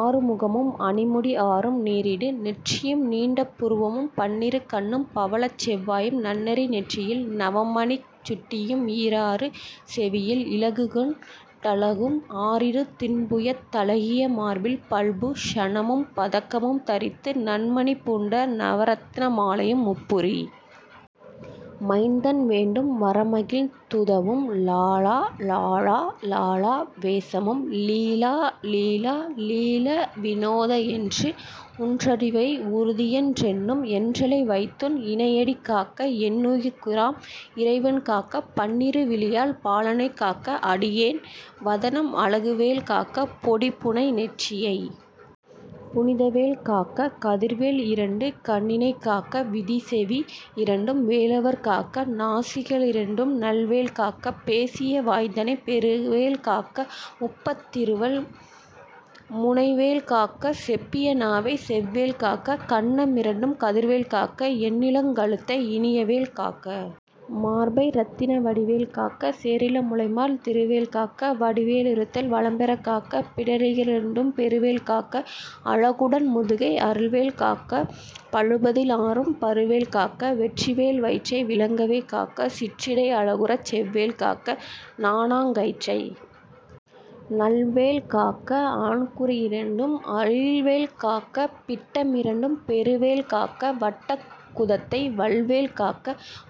ஆறு முகமும் அணிமுடி ஆறும் நீறிடு நெற்றியும் நீண்ட புருவமும் பண்ணிரு கண்ணும் பவளச் செவ்வாயும் நன்னெறி நெற்றியில் நவமணிச் சுட்டியும் ஈராறு செவியில் இலகுகுண் டலமும் ஆறிரு திண்புயத் தழகிய மார்பில் பல்பூ ஷணமும் பதக்கமும் தரித்து நன்மணி பூண்ட நவரத்ன மாலையும் முப்புரி மைந்தன் வேண்டும் வரமகிழ்ந் துதவும் லாலா லாலா லாலா வேசமும் லீலா லீலா லீலாவிநோத னென்று உன்றிருவடியை உறுதியென் றெண்ணும் என்றலை வைத்துன் இணையடி காக்க என்னுயிர்க் குயிராம் இறைவன் காக்க பன்னிரு விழியால் பாலனைக் காக்க அடியேன் வதனம் அழகுவேல் காக்க பொடிபுனை நெற்றியைப் புனிதவேல் காக்க கதிர்வேல் இரண்டு கண்ணினைக்காக்க விதிசெவி இரண்டும் வேலவர் காக்க நாசிக ளிரண்டும் நல்வேல் காக்க பேசிய வாய்தனைப் பெருவேல் காக்க முப்பத் திருபல் முனைவேல் காக்க செப்பிய நாவை செவ்வேல் காக்க கன்ன மிரண்டும் கதிர்வேல் காக்க என்னிளங் கழுத்தை இனியவேல் காக்க மார்பை இரத்தின வடிவேல் காக்க சேரிள முலைமார் திருவேல் காக்க வடிவே லிருதோள் வளம்பெறக் காக்க பிடரிக ளிரண்டும் பெருவேல் காக்க அழகுடன் முதுகை அருள்வேல் காக்க பழுபதி னாறும் பருவேல் காக்க வெற்றிவேல் வயிற்றை விளங்கவே காக்க சிற்றிடை அழகுறச் செவ்வேல் காக்க நாணாங்கயிற்றை நல்வேல் காக்க ஆண்குறியிரண்டும் அயில்வேல் காக்க பிட்டமிரண்டும் பெருவேல் காக்க வட்டக் குதத்தை வல்வேல் காக்க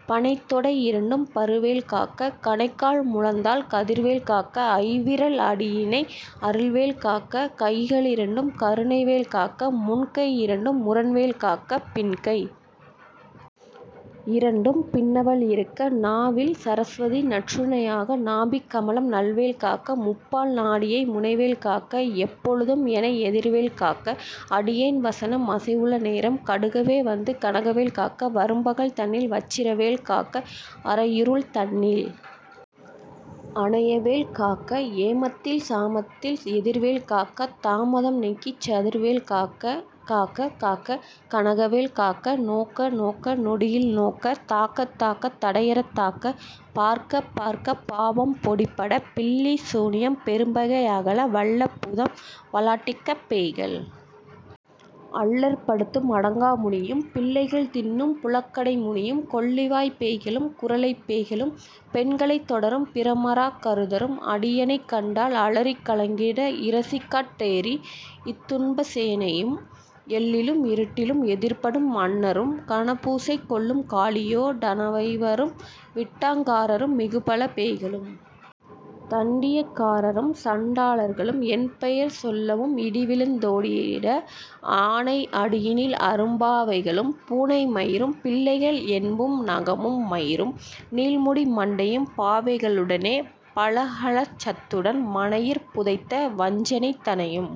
பணைத்தொடை இரண்டும் பருவேல் காக்க கணைக்கால் முழந்தாள் கதிர்வேல் காக்க ஐவிரல் அடியினை அருள்வேல் காக்க கைக ளிரண்டும் கருணைவேல் காக்க முன்கை யிரண்டும் முரண்வேல் காக்க பின்கை யிரண்டும் பின்னவள் இருக்க நாவில் சரஸ்வதி நற்றுணை யாக நாபிக் கமலம் நல்வேல் காக்க முப்பால் நாடியை முனைவேல் காக்க எப்பொழுதும் எனை எதிர்வேல் காக்க அடியேன் வசனம் அசைவுள நேரம் கடுகவே வந்து கனகவேல் காக்க வரும்பகல் தன்னில் வச்சிரவேல் காக்க அரையிருள் தன்னில் அனையவேல் காக்க ஏமத்தில் சாமத்தில் எதிர்வேல் காக்க தாமதம் நீக்கிச் சதுர்வேல் காக்க காக்க காக்க கனகவேல் காக்க நோக்க நோக்க நொடியில் நோக்க தாக்க தாக்க தடையறத் தாக்க பார்க்க பார்க்க பாவம் பொடிபட பில்லி சூனியம் பெரும்பகை அகல வல்ல பூதம் வலாட்டிகப்பேய்கள் அல்லற்படுத்தும் அடங்காமுனியும் பிள்ளைகள் தின்னும் புழக்கடைமுனியும் கொள்ளிவாய்ப் பேய்களும் குறளைப் பேய்களும் பெண்களைத் தொடரும் பிரமராக் கருதரும் அடியனைக் கண்டால் அலறிக் கலங்கிட இரிசிகாட் டேரி இத்துன்ப சேனையும் எல்லிலும் இருட்டிலும் எதிர்ப்படும் அண்ணரும் கனபூசை கொள்ளும் காளியோ டனைவரும் விட்டாங் காரரும் மிகுபல பேய்களும் தண்டியக்காரரும் சண்டா ளர்களும் என் பெயர் சொல்லவும் இடிவிழுந் தோடிட ஆனை அடியினில் அரும்பா வைகளும் பூனை மயிரும் பிள்ளைகள் என்பும் நகமும் மயிரும் நீள்முடி மண்டையும் பாவைக ளுடனே பலகலசத்துடன் மனையிற் புதைத்த வஞ்சனை தனையும்